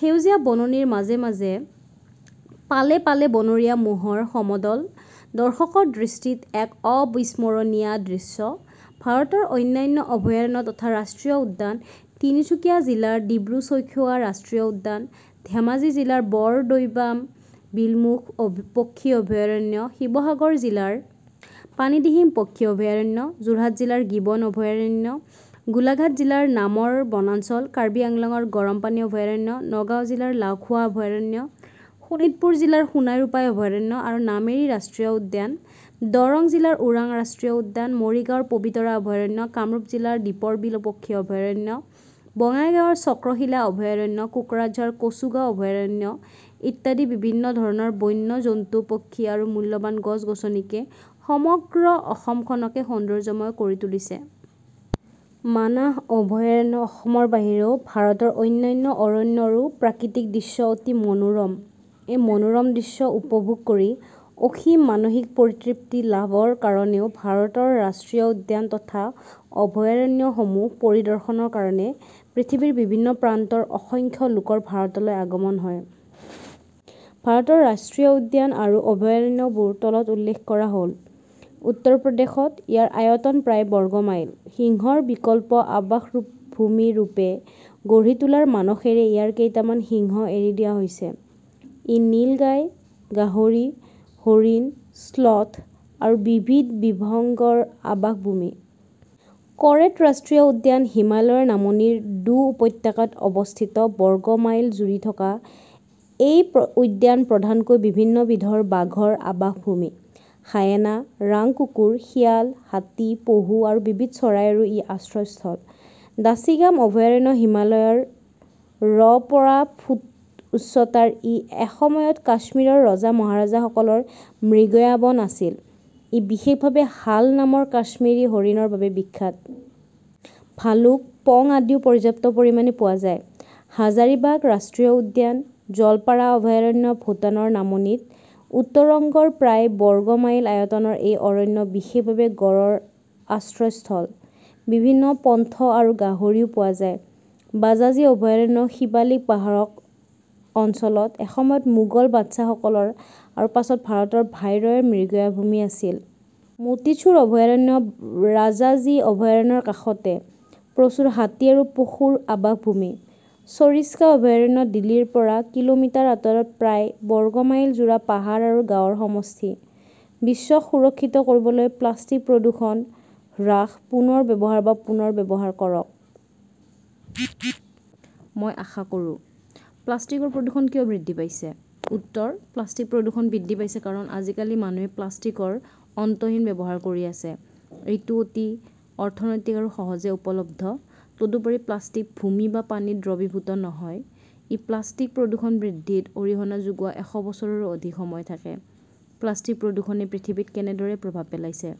সেউজীয়া বননিৰ মাজে মাজে পালে পালে বনৰীয়া ম'হৰ সমদল, দৰ্শকৰ দৃষ্টিত এক অবিস্মৰণীয়া দৃশ্য। ভাৰতৰ অন্যান্য অভয়াৰণ্য তথা ৰাষ্ট্ৰীয় উদ্যান তিনিচুকীয়া জিলাৰ ডিব্ৰু-চৈখােৱা ৰাষ্ট্ৰীয় উদ্যান, ধেমাজী জিলাৰ বৰদৈবাম বিলমুখ পক্ষী অভয়াৰণ্য, শিৱসাগৰ জিলাৰ পানীদিহিং পক্ষী অভয়াৰণ্য, যােৰহাট জিলাৰ গিবন অভয়াৰণ্য, গােলাঘাট জিলাৰ নামৰ বনাঞ্চল, কাৰ্বি আংলঙৰ গৰমপানী অভয়াৰণ্য, নগাঁও জিলাৰ লাউখােৱা অভয়াৰণ্য, শােণিতপুৰ জিলাৰ সােনাই-ৰূপাই অভয়াৰণ্য আৰু নামেৰী ৰাষ্ট্ৰীয় উদ্যান, দৰং জিলাৰ ওৰাং ৰাষ্ট্ৰীয় উদ্যান, মৰিগাঁৱৰ পবিতৰা অভয়াৰণ্য, কামৰূপ জিলাৰদীপৰ বিল পক্ষী অভয়াৰণ্য, বঙাইগাঁৱৰ চক্ৰশিলা অভয়াৰণ্য, কোকৰাঝাৰ কচুগাঁও অভয়াৰণ্য ইত্যাদি বিভিন্ন ধৰণৰ বন্য জন্তু, পক্ষী আৰু মূল্যবান গছ-গছনিয়ে সমগ্ৰ অসমখনকে সৌন্দৰ্যময় কৰি তুলিছে। মানাহ অভয়াৰণ্য অসমৰ বাহিৰেও ভাৰতৰ অন্যান্য অৰণ্যৰাে প্ৰাকৃতিক দৃশ্য অতি মনােৰম। এই মনােৰম দৃশ্য উপভােগ কৰি অসীম মানসিক পৰিতৃপ্তি লাভৰ কাৰণেও ভাৰতৰ ৰাষ্ট্ৰীয় উদ্যান তথা অভয়াৰণ্যসমূহ পৰিদৰ্শনৰ কাৰণে পৃথিৱীৰ বিভিন্ন প্ৰান্তৰ অসংখ্য লােকৰ ভাৰতলৈ আগমন হয়। ভাৰতৰ ৰাষ্ট্ৰীয় উদ্যান আৰু অভয়াৰণ্যবােৰ তলত উল্লেখ কৰা হ'ল- উত্তৰ প্ৰদেশত; ইয়াৰ আয়তন প্ৰায় বৰ্গ মাইল। সিংহৰ বিকল্প আবাসভূমি ৰূপে গঢ়ি তােলাৰ মানসেৰে ইয়াৰ কেইটামান সিংহ এৰি দিয়া হৈছে। ই নীল গাই, গাহৰি, হৰিণ, শ্লথ আৰু বিবিধ বিহঙ্গৰ আবাসভূমি।. কৰেট ৰাষ্ট্ৰীয় উদ্যান হিমালয়ৰ নামনিৰ ডু উপত্যকাত অৱস্থিত বৰ্গ মাইল জুৰি থকা এই উদ্যান প্ৰধানকৈ বিভিন্ন বিধৰ বাঘৰ আবাসভূমি। হায়েনা, ৰাং কুকুৰ, শিয়াল, হাতী, পহু আৰু বিবিধ চৰাইৰাে ই আশ্ৰয়স্থল।. দাচিগাম অভয়াৰণ্য হিমালয়ৰ -ৰ পৰা ফুট উচ্চতাৰ ই এসময়ত কাশ্মীৰৰ ৰজা-মহাৰজাসকলৰ মৃগয়াবন আছিল৷ ই বিশেষভাৱে হাল নামৰ কাশ্মীৰী হৰিণৰ বাবে বিখ্যাত। ভালুক, পং অদিও পৰ্যাপ্ত পৰিমাণে পােৱা যায়।. হাজাৰিবাগ ৰাষ্ট্ৰীয় উদ্যান. জলপাৰা অভয়াৰণ্য ভূটানৰ নামনিত, উত্তৰংগৰ প্ৰায় বৰ্গ মাইল আয়তনৰ এই অৰণ্য বিশেষভাৱে গঁড়ৰ আশ্ৰয়স্থল। বিভিন্ন পন্থ আৰু গাহৰিও পোয়া যায়।. বাজাজী অভয়াৰণ্য শিবালিক পাহাৰ অঞ্চলত; এসময়ত মােগল বাদচাহসকলৰ আৰু পাছত ভাৰতৰ ভাইৰয়ৰ মৃগয়াভূমি আছিল।. মােটিচুৰ অভয়াৰণ্য ৰাজাজী অভয়াৰণ্যৰ কাষতে; প্ৰচুৰ হাতী আৰু পহুৰ আবাসভূমি।। চৰিষ্কা অভয়াৰণ্য দিল্লীৰপৰা কিলােমিটাৰ আঁতৰত প্ৰায় বৰ্গ মাইল জোৰা পাহাৰ আৰু গাঁৱৰ সমষ্টি। বিশ্বক সুৰক্ষিত কৰিবলৈ প্লাষ্টিক প্ৰদূষণ "হ্ৰাস, পুনৰ ব্যৱহাৰ বা পুনৰব্যৱহাৰ" কৰক। মই আশা কৰোঁ. প্লাষ্টিকৰ প্ৰদূষণ কিয় বৃদ্ধি পাইছে? উত্তৰ: প্লাষ্টিক প্ৰদূষণ বৃদ্ধি পাইছে কাৰণ আজিকালি মানুহে প্লাষ্টিকৰ অন্তহীন ব্যৱহাৰ কৰি আছে। এইটো অতি অৰ্থনৈতিক আৰু সহজে উপলব্ধ। তদুপৰি, প্লাষ্টিক ভূমি বা পানীত দ্ৰৱীভূত নহয়, ই প্লাষ্টিক প্ৰদূষণ বৃদ্ধিত অৰিহণা যোগোৱা এশ বছৰৰো অধিক সময় থাকে।. প্লাষ্টিকপ্ৰদূষণে পৃথিৱীত কেনেদৰে প্ৰভাৱ পেলাইছে?